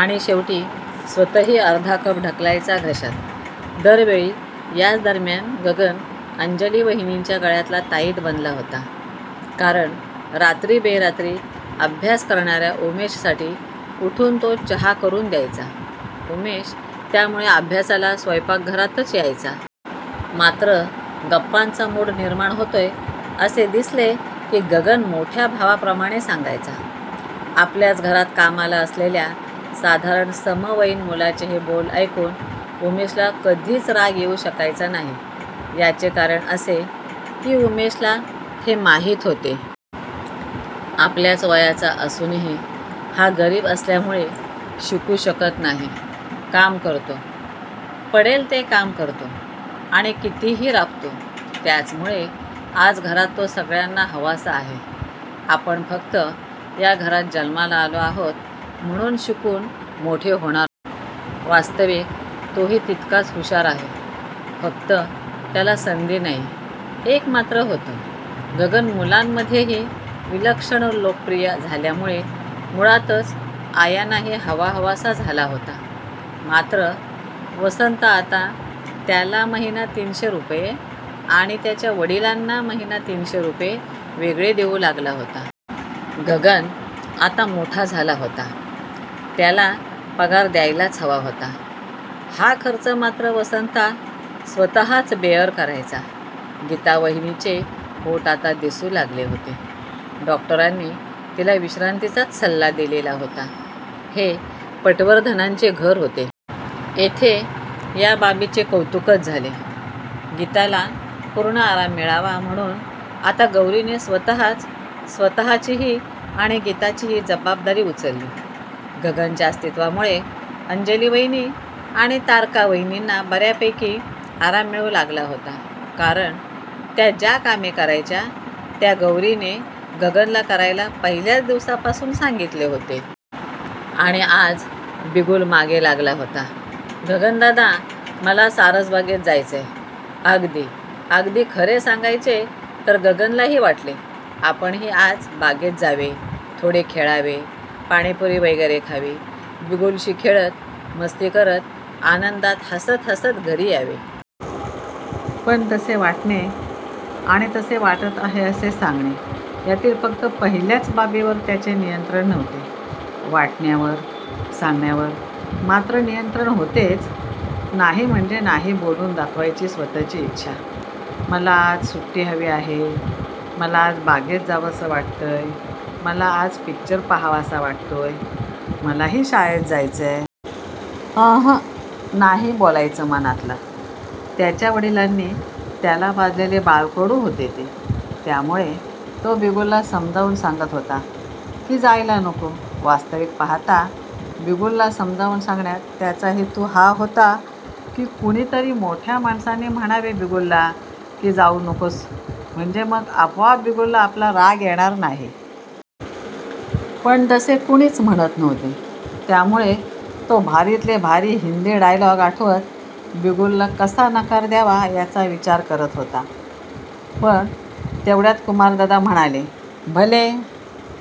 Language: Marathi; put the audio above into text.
आणि शेवटी स्वतःही अर्धा कप ढकलायचा घशात दर वेळी याच दरम्यान गगन अंजली वहिनींच्या गळ्यातला ताईत बनला होता. कारण रात्री बेरात्री अभ्यास करणार्या उमेशसाठी उठून तो चहा करून द्यायचा. उमेश त्यामुळे अभ्यासाला स्वयंपाकघरातच यायचा! मात्र गप्पांचा मूड निर्माण होतोय असे दिसले की गगन मोठ्या भावाप्रमाणे सांगायचा. आपल्याच घरात कामाला असलेल्या साधारण समवयीन मुलाचे हे बोल ऐकून उमेशला कधीच राग येऊ शकायचा नाही. याचे कारण असे की उमेशला हे माहीत होते. आपल्याच वयाचा असूनही हा गरीब असल्यामुळे शिकू शकत नाही, काम करतो, पडेल ते काम करतो आणि कितीही राबतो. त्याचमुळे आज घरात तो सगळ्यांना हवासा आहे. आपण फक्त या घरात जन्माला आलो आहोत म्हणून शिकून मोठे होणार आहोत. वास्तविक तोही तितकाच हुषार आहे, फक्त त्याला संधी नाही. एक मात्र होतं! गगन मुलांमध्येही विलक्षण लोकप्रिय झाल्यामुळे मुळातच आयांनाही हवाहवासा झाला होता. मात्र वसंता आता त्याला महिना तीनशे रुपये आणि त्याच्या वडिलांना महिना तीनशे रुपये वेगळे देऊ लागला होता. गगन आता मोठा झाला होता. त्याला पगार द्यायलाच हवा होता. हा खर्च मत्र वसंता स्वतःच बेअर करायचा. गीतावहिनीचे पोट आता दिसू लागले होते. डॉक्टरांनी तिला विश्रान्तीचाच सल्ला दिलेला होता. हे पटवर्धनांचे घर होते. येथे या बाबीचे कौतुकच झाले. गीताला पूर्ण आराम मिळावा म्हणून आता गौरीने स्वतःच स्वतःचीही आणि गीताचीही जबाबदारी उचलली. गगनच्या अस्तित्वामुळे अंजली वहिनी आणि तारका वहिनींना बर्यापैकी आराम मिळू लागला होता. कारण त्या ज्या कामे करायच्या ती गौरीने गगनला करायला पहिल्याच दिवसापासून सांगितले होते. अणि आज बिगुल मागे लागला होता. गगनदादा मला सारसबागेत जायचंय. अगदी, अगदी खरे सांगायचे तर गगनलाही वाटले. आपणही आज बागेत जावे. थोडे खेळावे, पाणिपुरी वगैरे खावी, बिगुलशी खेळत, मस्ती करत आनंदात हासत हासत घरी यावे. पण तसे वाटणे आणि तसे वाटत आहे असे सांगणे यातील फक्त पहिल्याच बाबीवर त्याचे नियंत्रण नव्हते. वाटण्यावर! सांगण्यावर मात्र नियंत्रण होतेच! नाही म्हणजे नाही बोलून दाखवायची स्वतःची इच्छा! मला आज सुट्टी हवी आहे, मला आज बागेत जावसं वाटतंय, मला आज पिक्चर पाहावासा वाटतोय, मलाही शाळेत जायचंय! अंहं! नाही बोलायचं मनातलं! त्याच्या वडिलांनी त्याला पाजलेले बाळकडू होते ते त्यामुळे तो बिगुलला समजावून सांगत होता की जायला नको! वास्तविक पाहता बिगुलला समजावून सांगण्यात त्याचा हेतू हा होता की कुणीतरी मोठ्या माणसाने म्हणावे बिगुलला, की जाऊ नकोस म्हणजे मग आपोआप बिगुलला आपला राग येणार नाही. पण तसे कुणीच म्हणत नव्हते. त्यामुळे तो भारीतले भारी हिंदी डायलॉग आठवत बिगुलला कसा नकार द्यावा याचा विचार करत होता. पण तेवढ्यात कुमारदादा म्हणाले. भले